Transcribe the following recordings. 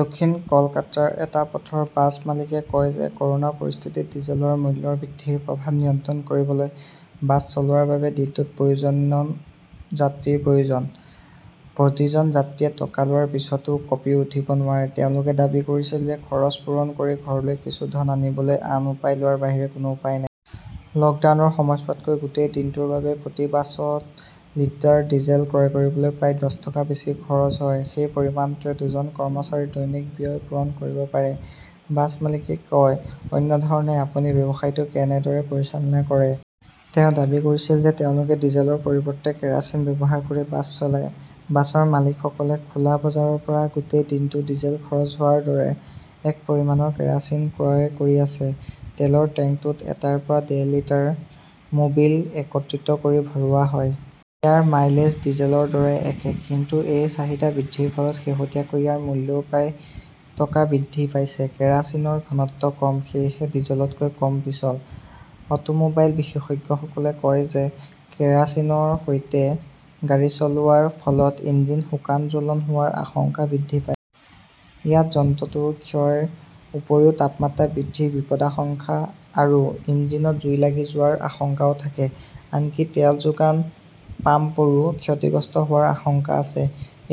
দক্ষিণ কলকাতাৰ এটা পথৰ বাছ মালিকে কয় যে কৰোনা পৰিস্থিতিত ডিজেলৰ মূল্য বৃদ্ধিৰ প্ৰভাৱ নিয়ন্ত্ৰণ কৰিবলৈ বাছ চলোৱাৰ বাবে দিনটোত প্ৰায়জন যাত্ৰীৰ প্ৰয়োজন। প্ৰতিজন যাত্ৰীয়ে টকা লোৱাৰ পিছতো কঁপি উঠিব নোৱাৰে। তেওঁলোকে দাবী কৰিছিল যে খৰচ পূৰণ কৰি ঘৰলৈ কিছু ধন আনিবলৈ আন উপায় লোৱাৰ বাহিৰে কোনো উপায় নাই। লকডাউনৰ সময়ছোৱাতকৈ গোটেই দিনটোৰ বাবে প্ৰতি বাছত লিটাৰ ডিজেল ক্ৰয় কৰিবলৈ প্ৰায় টকা বেছি খৰচ হয়। সেই পৰিমাণটোৱে দুজন কৰ্মচাৰীৰ দৈনিক ব্যয় পূৰণ কৰিব পাৰে বাছ মালিকে কয়। অন্য ধৰণে আপুনি ব্যৱসায়টো কেনেদৰে পৰিচালনা কৰে? তেওঁ দাবী কৰিছিল যে তেওঁলোকে ডিজেলৰ পৰিৱৰ্তে কেৰোচিন ব্যৱহাৰ কৰি বাছ চলায়। বাছৰ মালিকসকলে খোলা বজাৰৰ পৰা গোটেই দিনটো ডিজেল খৰচ হোৱাৰ দৰে একে পৰিমাণৰ কেৰোচিন ক্ৰয় কৰি আছে। তেলৰ টেংকত এটাৰ পৰা ডেৰ লিটাৰ মোবিল একত্ৰিত কৰি ভৰোৱা হয়। ইয়াৰ মাইলেজ ডিজেলৰ দৰে একে। কিন্তু এই চাহিদা বৃদ্ধিৰ ফলত শেহতীয়াকৈ ইয়াৰ মূল্যও প্ৰায় টকা বৃদ্ধি পাইছে। কেৰোচিনৰ ঘনত্ব কম। সেয়েহে ডিজেলতকৈ কম পিচল। অটোমোবাইল বিশেষজ্ঞসকলে কয় যে কেৰোচিনৰ সৈতে গাড়ী চলোৱাৰ ফলত ইঞ্জিনত শুকান জ্বলন হোৱাৰ আশংকা বৃদ্ধি পায়। ইয়াত যন্ত্ৰটোৰ ক্ষয়ৰ উপৰিও তাপমাত্ৰা বৃদ্ধিৰ বিপদাশংকা আৰু ইঞ্জিনত জুই লাগি যোৱাৰ আশংকাও থাকে। আনকি তেল যোগান পাম্পবোৰো ক্ষতিগ্ৰস্ত হোৱাৰ আশংকা আছে।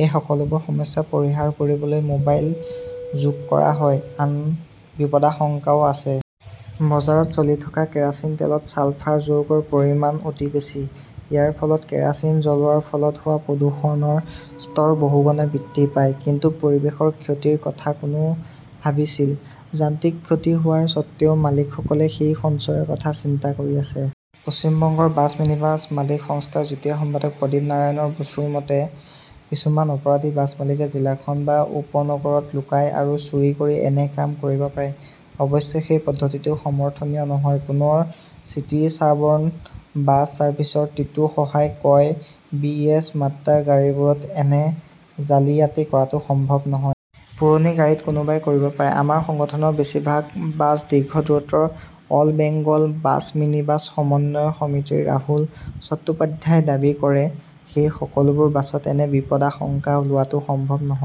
এই সকলোবোৰ সমস্যা পৰিহাৰ কৰিবলৈ মোবাইল যোগ কৰা হয়। আন বিপদাশংকাও আছে। বজাৰত চলি থকা কেৰোচিন তেলত ছালফাৰ যৌগৰ পৰিমাণ অতি বেছি। ইয়াৰ ফলত কেৰোচিন জ্বলোৱাৰ ফলত হোৱা প্ৰদূষণৰ স্তৰ বহুগুণে বৃদ্ধি পায়। কিন্তু পৰিৱেশৰ ক্ষতিৰ কথা কোনে ভাবিছিল ?যান্ত্ৰিক ক্ষতি হোৱাৰ স্বত্ত্বেও মালিকসকলে সেই সঞ্চয়ৰ কথা চিন্তা কৰি আছে। পশ্চিম বংগৰ বাছ-মিনিবাছ মালিক সংস্থাৰ যুটীয়া সম্পাদক প্ৰদীপনাৰায়ণ বসুৰ মতে, কিছুমান অপৰাধী বাছ মালিকে জিলাখন বা উপনগৰত লুকাই আৰু চুৰি কৰি এনে কাম কৰিব পাৰে। অৱশ্যে সেই পদ্ধতিটো সমৰ্থনীয় নহয়। পুনৰ চিটি ছাবৰ্ণ বাছ ছাৰ্ভিচৰ টিটু সাহাই কয় বিএছ- মাত্ৰাৰ গাড়ীবোৰত এনে জালিয়াতি কৰাটো সম্ভৱ নহয়। পুৰণি গাড়ীত কোনোবাই কৰিব পাৰে। আমাৰ সংগঠনৰ ভিতৰত বেছিভাগ বাছ দীৰ্ঘ দূৰত্বৰ ,অল বেংগল বাছ মিনিবাছ সমন্বয় সমিতিৰ ৰাহুল চট্টোপাধ্যায়ই দাবী কৰে। সেই সকলোবোৰ বাছত এনে বিপদাশংকা লোৱাটো সম্ভৱ নহয়।